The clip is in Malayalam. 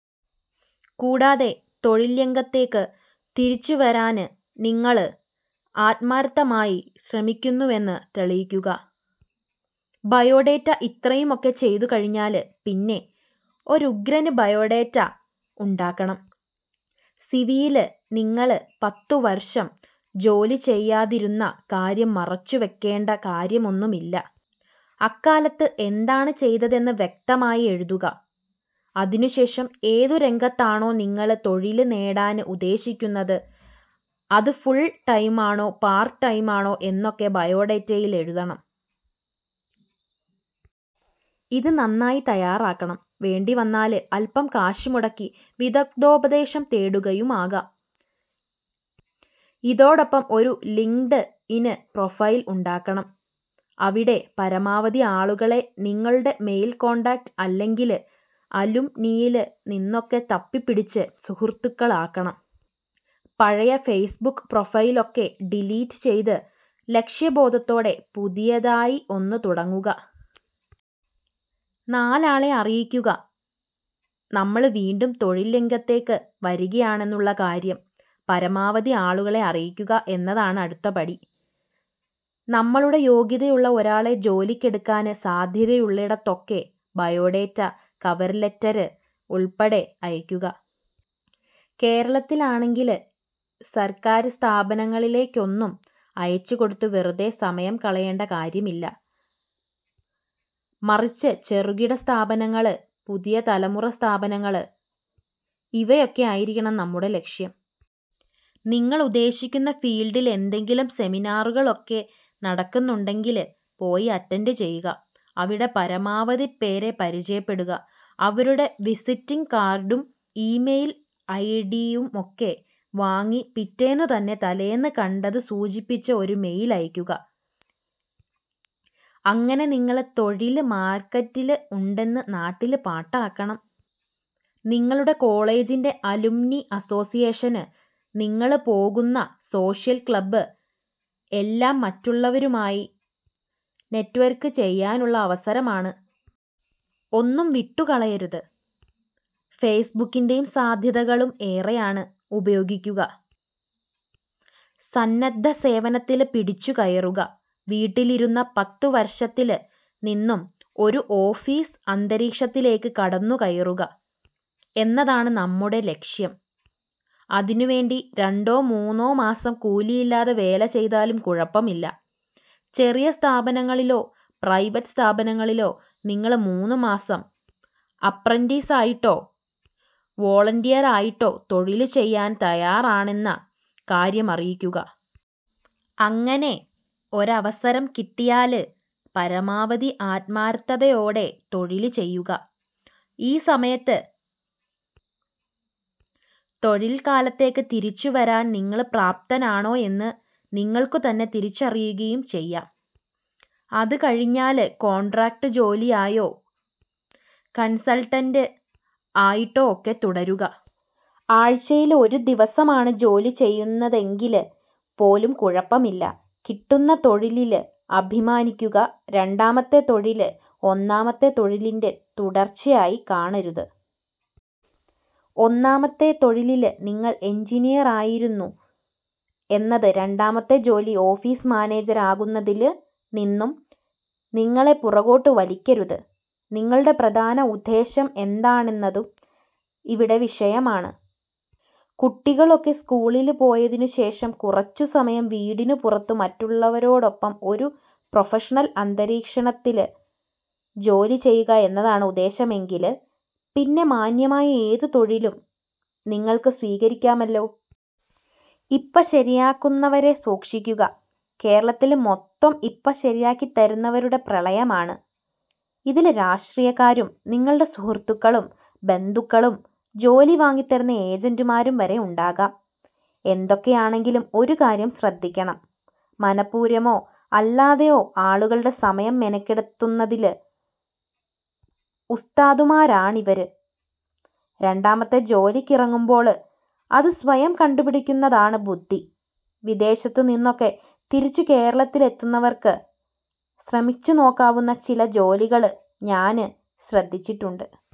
കൂടാതെ തൊഴില്രംഗത്തേക്ക് തിരിച്ചുവരാന് നിങ്ങള് ആത്മാര്ഥമായി ശ്രമിക്കുന്നുവെന്ന് തെളിയിക്കുക. ബയോഡേറ്റ ഇത്രയുമൊക്കെ ചെയ്തുകഴിഞ്ഞാല് പിന്നെ ഒരുഗ്രന് ബയോഡാറ്റ ഉണ്ടാക്കണം. സിവിയില് നിങ്ങള് പത്തുവര്ഷം ജോലി ചെയ്യാതിരുന്ന കാര്യം മറച്ചുവെക്കേണ്ട കാര്യമൊന്നുമില്ല. അക്കാലത്ത് എന്താണ് ചെയ്തതെന്ന് വ്യക്തമായി എഴുതുക. അതിനുശേഷം ഏതു രംഗത്താണോ നിങ്ങള് തൊഴില് നേടാന് ഉദ്ദേശിക്കുന്നത് അത് ഫുള് ടൈമാണോ പാര്ട്ട് ടൈമാണോ എന്നൊക്കെ ബയോഡേറ്റയില് എഴുതണം. ഇത് നന്നായി തയ്യാറാക്കണം. വേണ്ടിവന്നാല് അല്പ്പം കാശ് മുടക്കി വിദഗ്ദ്ധോപദേശം തേടുകയുമാകാം. ഇതോടൊപ്പം ഒരു ലിങ്ക്ഡ് ഇന് പ്രൊഫൈല് ഉണ്ടാക്കണം, അവിടെ പരമാവധി ആളുകളെ നിങ്ങളുടെ മെയില് കോണ്ടാക്ട് അല്ലെങ്കില് അലുംനിയില് നിന്നൊക്കെ തപ്പിപ്പിടിച്ച് സുഹൃത്തുക്കള് ആക്കണം. പഴയ ഫെയ്സ്ബുക്ക് പ്രൊഫൈല് ഒക്കെ ഡിലീറ്റ് ചെയ്ത് ലക്ഷ്യബോധത്തോടെ പുതിയതായി ഒന്ന് തുടങ്ങുക. നാലാളെ അറിയിക്കുക നമ്മള് വീണ്ടും തൊഴില്രംഗത്തേക്ക് വരികയാണെന്നുള്ള കാര്യം പരമാവധി ആളുകളെ അറിയിക്കുക എന്നതാണ് അടുത്ത പടി. നമ്മളുടെ യോഗ്യതയുള്ള ഒരാളെ ജോലിക്കെടുക്കാന് സാധ്യതയുള്ളിടത്തൊക്കെ ബയോഡേറ്റ, കവര് ലെറ്റര് ഉള്പ്പെടെ അയയ്ക്കുക. കേരളത്തിലാണെങ്കില് സര്ക്കാര് സ്ഥാപനങ്ങളിലേക്കൊന്നും അയച്ചുകൊടുത്ത് വെറുതെ സമയം കളയേണ്ട കാര്യമില്ല. മറിച്ച് ചെറുകിട സ്ഥാപനങ്ങള്, പുതിയ തലമുറ സ്ഥാപനങ്ങള് ഇവയൊക്കെയായിരിക്കണം നമ്മുടെ ലക്ഷ്യം. നിങ്ങള് ഉദ്ദേശിക്കുന്ന ഫീല്ഡില് എന്തെങ്കിലും സെമിനാറുകളൊക്കെ നടക്കുന്നുണ്ടെങ്കില് പോയി അറ്റന്റ് ചെയ്യുക, അവിടെ പരമാവധി പേരെ പരിചയപ്പെടുക, അവരുടെ വിസിറ്റിംഗ് കാര്ഡും ഈമെയില് ഐഡിയുമൊക്കെ വാങ്ങി പിറ്റേന്നുതന്നെ തലേന്ന് കണ്ടത് സൂചിപ്പിച്ച് ഒരു മെയില് അയക്കുക. അങ്ങനെ നിങ്ങള് തൊഴില് മാര്ക്കറ്റില് ഉണ്ടെന്ന് നാട്ടില് പാട്ടാക്കണം. നിങ്ങളുടെ കോളേജിന്റെ അലുംനി അസോസിയേഷന്, നിങ്ങള് പോകുന്ന സോഷ്യല് ക്ലബ് എല്ലാം മറ്റുള്ളവരുമായി നെറ്റ്വര്ക്ക് ചെയ്യാനുള്ള അവസരമാണ്. ഒന്നും വിട്ടുകളയരുത്. ഫെയ്സ്ബുക്കിന്റെ സാധ്യതകളും ഏറെയാണ്, ഉപയോഗിക്കുക. സന്നദ്ധസേവനത്തില് പിടിച്ചുകയറുക വീട്ടിലിരുന്ന പത്തുവര്ഷത്തില് നിന്നും ഒരു ഓഫീസ് അന്തരീക്ഷത്തിലേക്ക് കടന്നുകയറുക എന്നതാണ് നമ്മുടെ ലക്ഷ്യം. അതിനുവേണ്ടി രണ്ടോ മൂന്നോ മാസം കൂലിയില്ലാതെ വേല ചെയ്താലും കുഴപ്പമൊന്നുമില്ല. ചെറിയ സ്ഥാപനങ്ങളിലോ പ്രൈവറ്റ് സ്ഥാപനങ്ങളിലോ നിങ്ങള് മൂന്നുമാസം 'അപ്രന്റീസ്' ആയിട്ടോ 'വോളണ്ടിയര്' ആയിട്ടോ തൊഴില് ചെയ്യാന് തയ്യാറാണെന്ന കാര്യം അറിയിക്കുക. അങ്ങനെ ഒരവസരം കിട്ടിയാല് പരമാവധി ആത്മാര്ത്ഥതയോടെ തൊഴില് ചെയ്യുക. ഈ സമയത്ത് തൊഴില്ക്കാലത്തേക്ക് തിരിച്ചുവരാന് നിങ്ങള് പ്രാപ്തനാണോ എന്ന് നിങ്ങള്ക്കുതന്നെ തിരിച്ചറിയുകയും ചെയ്യാം. അത് കഴിഞ്ഞാല് കോണ്ട്രാക്ട് ജോലിയായോ കണ്സല്ട്ടന്റ് ആയിട്ടോ ഒക്കെ തുടരുക. ആഴ്ചയില് ഒരു ദിവസമാണ് ജോലി ചെയ്യുന്നതെങ്കില് പോലും കുഴപ്പമില്ല. കിട്ടുന്ന തൊഴിലില് അഭിമാനിക്കുക രണ്ടാമത്തെ തൊഴില് ഒന്നാമത്തെ തൊഴിലിന്റെ തുടര്ച്ചയായി കാണരുത്. ഒന്നാമത്തെ തൊഴിലില് നിങ്ങള് എന്ജിനീയറായിരുന്നു എന്നത് രണ്ടാമത്തെ ജോലി ഓഫീസ് മാനേജര് ആകുന്നതില് നിന്നും നിങ്ങളെ പുറകോട്ടു വലിക്കരുത്. നിങ്ങളുടെ പ്രധാന ഉദ്ദേശ്യം എന്താണെന്നതും ഇവിടെ വിഷയമാണ്. കുട്ടികളൊക്കെ സ്കൂളില് പോയതിനുശേഷം കുറച്ചുസമയം വീടിനു പുറത്ത് മറ്റുള്ളവരോടൊപ്പം ഒരു പ്രൊഫഷണല് അന്തരീക്ഷത്തില് ജോലി ചെയ്യുക എന്നതാണ് ഉദ്ദേശമെങ്കില് പിന്നെ മാന്യമായ ഏതു തൊഴിലും നിങ്ങള്ക്ക് സ്വീകരിക്കാമല്ലോ. 'ഇപ്പ ശരിയാക്കുന്ന'വരെ സൂക്ഷിക്കുക കേരളത്തില് മൊത്തം 'ഇപ്പ ശരിയാക്കിത്തരുന്ന'വരുടെ പ്രളയമാണ്. ഇതില് രാഷ്ട്രീയക്കാരും, നിങ്ങളുടെ സുഹൃത്തുക്കളും, ബന്ധുക്കളും, ജോലി വാങ്ങിത്തരുന്ന ഏജന്റുമാരും വരെ ഉണ്ടാകാം. എന്തൊക്കെയാണെങ്കിലും ഒരു കാര്യം ശ്രദ്ധിക്കണം. മനഃപൂര്വമോ അല്ലാതെയോ ആളുകളുടെ സമയം മെനക്കെടുത്തുന്നതില് ഉസ്താദുമാര് ആണിവര്. രണ്ടാമത്തെ ജോലിക്കിറങ്ങുമ്പോള് അത് സ്വയം കണ്ടുപിടിക്കുന്നതാണ് ബുദ്ധി. വിദേശത്തു നിന്നൊക്കെ തിരിച്ചു കേരളത്തില് എത്തുന്നവര്ക്ക് ശ്രമിച്ചുനോക്കാവുന്ന ചില ജോലികള് ഞാന് ശ്രദ്ധിച്ചിട്ടുണ്ട്.